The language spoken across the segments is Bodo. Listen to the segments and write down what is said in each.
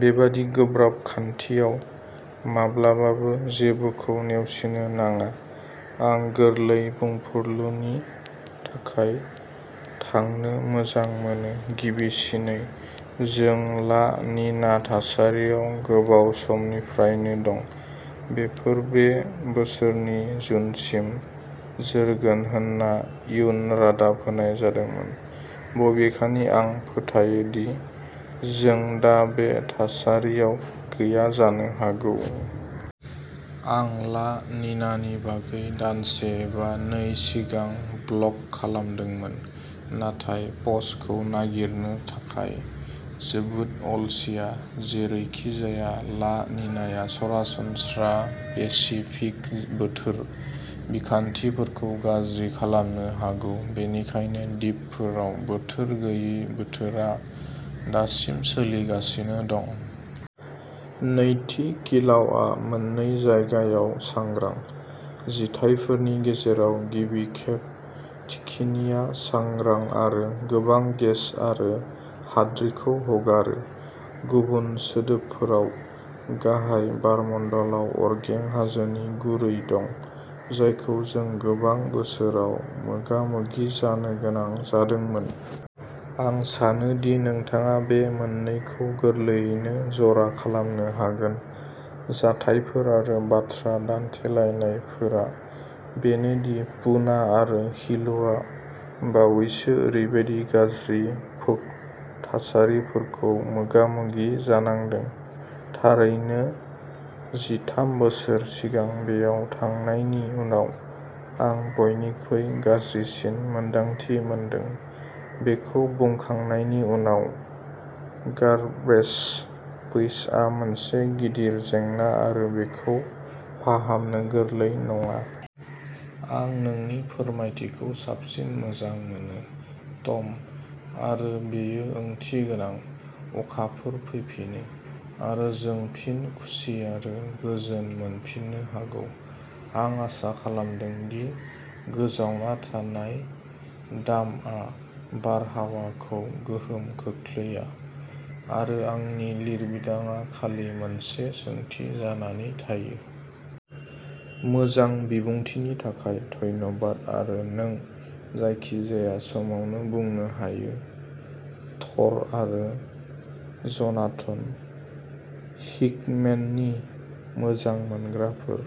बेबादि गोब्राब खान्थियाव माब्लाबाबो जेबोखौ नेवसिनो नाङा। आं गोरलै बुंफुरलुनि थाखाय थांनो मोजां मोनो गिबिसिनै, जों ला निना थासारियाव गोबाव समनिफ्रायनो दं। बेफोर बे बोसोरनि जुनसिम जोरगोन होनना इयुन रादाब होनाय जादोंमोन, बबेखानि आं फोथायो दि जों दा बे थासारियाव गैया जानो हागौ। आं ला निनानि बागै दानसे एबा नै सिगां ब्लग खालामदोंमोन, नाथाय पस्टखौ नागिरनो थाखाय जोबोद अलसिया जेरैखिजाया, ला निनाया सरासनस्रा पेसिफिक बोथोर बिखान्थिफोरखौ गाज्रि खालामनो हागौ, बेनिखायनो दिपफोराव बोथोर गैयै बोथोरा दासिम सोलिगासिनो दं। नैथि, किलाउआ मोननै जायगायाव सांग्रां। जिथायफोरनि गेजेराव गिबि खेब थिखिनिआ सांग्रां आरो गोबां गेस आरो हाद्रिखौ हगारो। गुबुन सोदोबफोराव, गाहाय बारमण्डलाव अरगें हाजोनि खुरै दं जायखौ जों गोबां बोसोराव मोगा-मोगि जानो गोनां जादोंमोन। आं सानो दि नोंथाङा बे मोननैखौ गोरलैयैनो जरा खालामनो हागोन। जाथायफोर आरो बाथ्रा दान्थेलायनायफोरा बेनो दि पुना आरो हिल'आ बावैसो ओरैबायदि गाज्रि भोग थासारिफोरखौ मोगा-मोगि जानांदों थारैनो जिथाम बोसोर सिगां बेयाव थांनायनि उनाव आं बयनिख्रुइ गाज्रिसिन मोन्दांथि मोनदों बेखौ बुंखांनायनि उनाव, गार्बेज पैचआ मोनसे गिदिर जेंना आरो बेखौ फाहामनो गोरलै नङा। आं नोंनि फोरमायथिखौ साबसिन मोजां मोनो, टम। आरो, बेयो ओंथिगोनां। अखाफोर फैफिनो आरो जों फिन खुसि आरो गोजोन मोनफिननो हागौ। आं आसा खालामदों दि गोजावना थानाय डाम्पआ बारहावाखौ गोहोम खोख्लैया आरो आंनि लिरबिदांआ खालि मोनसे सोंथि जानानै थायो। मोजां बिबुंथिनि थाखाय धन्यबाद आरो नों जायखिजाया समावनो बुंनो हायो थ'र आरो जनाथन हिकमेननि मोजां मोनग्राफोर,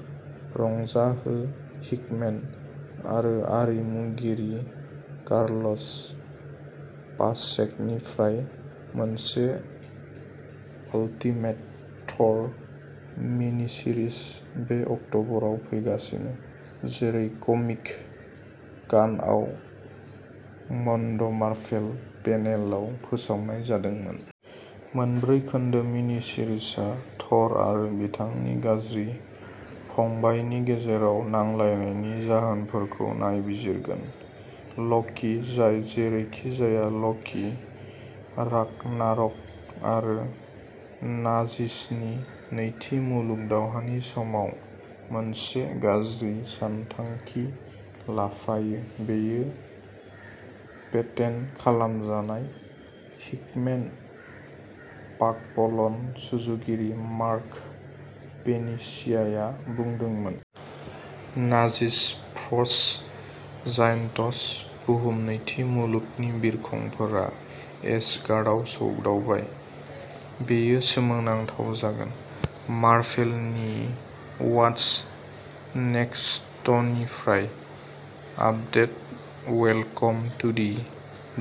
रंजाहो हिकमेन आरो आरिमुगिरि कार्लोस पाचेक'निफ्राय मोनसे अल्टिमेट थ'र मिनिसिरिज बे अक्टबराव फैगासिनो, जेरै कमिक-कनआव मन्ड'मार्भेल पेनेलआव फोसावनाय जादोंमोन। मोनब्रै खोन्दो मिनिसिरिजआ थ'र आरो बिथांनि गाज्रि फंबायनि गेजेराव नांलायनायनि जाहोनफोरखौ नायबिजिरगोन। लकि, जाय जेरैखिजाया लकि, रागनारक, आरो नाजिसनि नैथि मुलुग दावहानि समाव मोनसे गाज्रि सानथांखि लाफायो बेयो पेटेन्ट खालामजानाय हिकमेन पागलपन सुजुगिरि मार्क पेनिसियाया बुंदोंमोन। Nazis frost giants. बुहुम नैथि मुलुगनि बिरखंफोरा एसगार्डआव सौदावबाय। बेयो सोमोनांथाव जागोन। मार्भेलनि वाटस नेक्सटनिफ्राय update welcome to the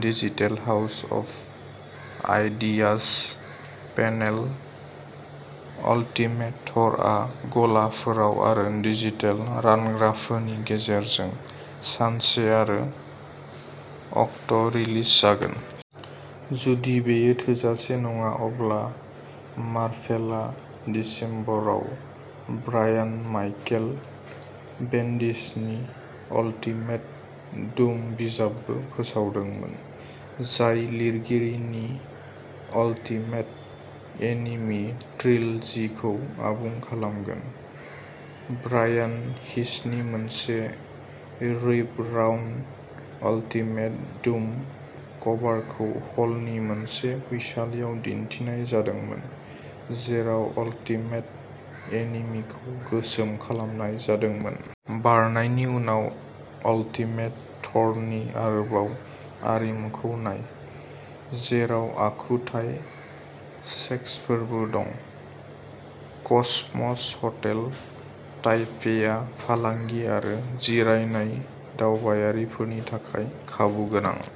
digital house of ideas panel ultimate Thor आ गलाफोराव आरो डिजिटेल रानग्राफोरनि गेजेरजों सानसे आरो अक्ट'रिलिज जागोन। जुदि बेयो थोजासे नङा, अब्ला मार्भेलआ दिसेम्बराव ब्रायान माइकेल बेन्डिसनि अल्टिमेट डुम बिजाबबो फोसावदोंमोन, जाय लिरगिरिनि अल्टिमेट एनिमि ट्रिलजिखौ आबुं खालामगोन। ब्रायान हिचनि मोनसे रैपराउन्ड अल्टिमेट डुम कभारखौ हलनि मोनसे फैसालियाव दिन्थिनाय जादोंमोन, जेराव अल्टिमेट एनिमिखौ गोसोम खालामनाय जादोंमोन। बारनायनि उनाव अल्टिमेट थ'र नि आरोबाव आरिमुखौ नाय, जेराव आखुथाय सेक्सफोरबो दं। कसमस हटेल ताइपेया फालांगि आरो जिरायनाय दावबायारिफोरनि थाखाय खाबुगोनां।